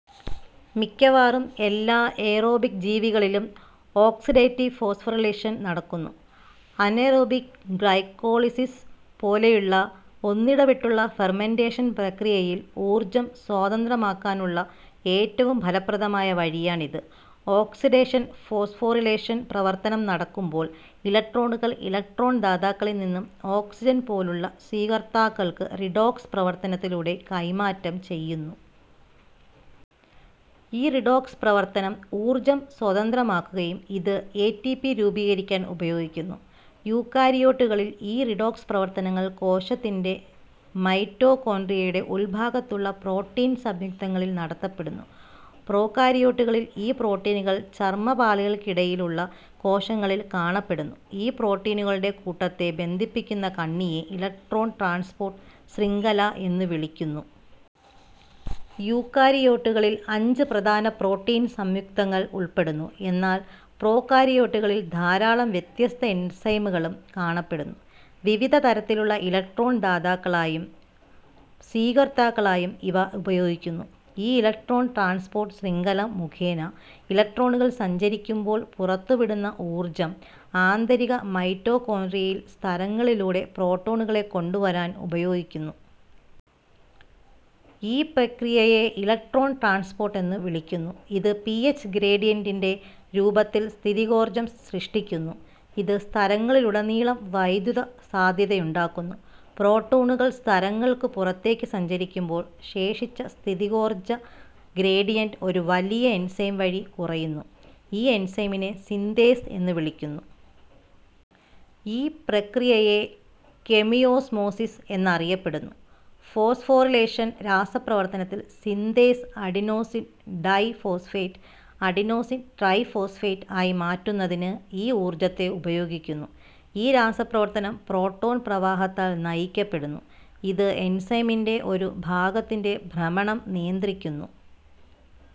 മിക്കവാറും എല്ലാ എയറോബിക് ജീവികളിലും ഓക്സിഡേറ്റീവ് ഫോസ്ഫോറിലേഷൻ നടക്കുന്നു. അനെയ്റോബിക് ഗ്ലൈക്കോളിസിസ് പോലെയുള്ള ഒന്നിടവിട്ടുള്ള ഫെർമെൻറേഷൻ പ്രക്രിയയിൽ ഊർജ്ജം സ്വതന്ത്രമാക്കാനുള്ള ഏറ്റവും ഫലപ്രദമായ വഴിയാണ് ഇത്. ഓക്സിഡേഷൻ ഫോസ്ഫോറിലേഷൻ പ്രവർത്തനം നടക്കുമ്പോൾ, ഇലക്ട്രോണുകൾ ഇലക്ട്രോൺ ദാതാക്കളിൽ നിന്നും ഓക്സിജൻ പോലുള്ള സ്വീകർത്താക്കൾക്ക് റിഡോക്സ് പ്രവർത്തനത്തിലൂടെ കൈമാറ്റം ചെയ്യുന്നു. ഈ റിഡോക്സ് പ്രവർത്തനം ഊർജ്ജം സ്വതന്ത്രമാക്കുകയും, ഇത് എ. ടി. പി. രൂപീകരിക്കാൻ ഉപയോഗിക്കുന്നു. യൂക്കാരിയോട്ടുകളിൽ, ഈ റിഡോക്സ് പ്രവർത്തനങ്ങൾ കോശത്തിന്റെ മൈറ്റോകോൺട്രിയയുടെ ഉൾഭാഗത്ത് ഉള്ള പ്രോട്ടീൻ സംയുക്തങ്ങളിൽ നടത്തപ്പെടുന്നു. പ്രോകാരിയോട്ടുകളിൽ, ഈ പ്രോട്ടീനുകൾ ചർമ്മപാളികൾക്കിടയിലുള്ള കോശങ്ങളിൽ കാണപ്പെടുന്നു. ഈ പ്രോട്ടീനുകളുടെ കൂട്ടത്തെ ബന്ധിപ്പിക്കുന്ന കണ്ണിയെ ഇലക്ട്രോൺ ട്രാൻസ്പോർട്ട് ശൃംഖല എന്നു വിളിക്കുന്നു. യൂക്കാരിയോട്ടുകളിൽ, അഞ്ച് പ്രധാന പ്രോട്ടീൻ സംയുക്തങ്ങൾ ഉൾപ്പെടുന്നു, എന്നാൽ പ്രോകാരിയോട്ടുകളിൽ ധാരാളം വ്യത്യസ്ത എൻസൈമുകളും കാണപ്പെടുന്നു, വിവിധതരത്തിലുള്ള ഇലക്ട്രോൺ ദാതാക്കളായും സ്വീകർത്താക്കളായും ഇവ ഉപയോഗിക്കുന്നു. ഈ ഇലക്ട്രോൺ ട്രാൻസ്പോർട്ട് ശൃംഖല മുഖേന ഇലക്ട്രോണുകൾ സഞ്ചരിക്കുമ്പോൾ പുറത്തുവിടുന്ന ഊർജ്ജം ആന്തരിക മൈറ്റോകോൺട്രിയൽ സ്തരങ്ങളിലൂടെ പ്രോട്ടോണുകളെ കൊണ്ടുവരാൻ ഉപയോഗിക്കുന്നു. ഈ പ്രക്രിയയെ ഇലക്ട്രോൺ ട്രാൻസ്പോർട്ട് എന്നു വിളിക്കുന്നു. ഇത് പി. എച്ച് ഗ്രേഡിയൻറിന്റെ രൂപത്തിൽ സ്ഥിതികോർജ്ജം സൃഷ്ടിക്കുന്നു. ഇത് സ്തരങ്ങളിലുടനീളം വൈദ്യുത സാധ്യതയുണ്ടാക്കുന്നു. പ്രോട്ടോണുകൾ സ്തരങ്ങൾക്കു പുറത്തേക്ക് സഞ്ചരിക്കുമ്പോൾ, ശേഷിച്ച സ്ഥിതികോർജ്ജ ഗ്രേഡിയന്റ് ഒരു വലിയ എൻസൈം വഴി കുറയുന്നു. ഈ എൻസൈമിനെ സിന്തേസ് എന്നുവിളിക്കുന്നു. ഈ പ്രക്രിയയെ കെമിയോസ്മോസിസ് എന്നറിയപ്പെടുന്നു. ഫോസ്ഫോറിലേഷൻ രാസപ്രവർത്തനത്തിൽ synthase adenosine diphosphate adenosine triphosphate ആയി മാറ്റുന്നതിന് ഈ ഊർജ്ജത്തെ ഉപയോഗിക്കുന്നു. ഈ രാസപ്രവർത്തനം പ്രോട്ടോൺ പ്രവാഹത്താൽ നയിക്കപ്പെടുന്നു. ഇത് എൻസൈമിൻറെ ഒരു ഭാഗത്തിന്റെ ഭ്രമണം നിയന്ത്രിക്കുന്നു.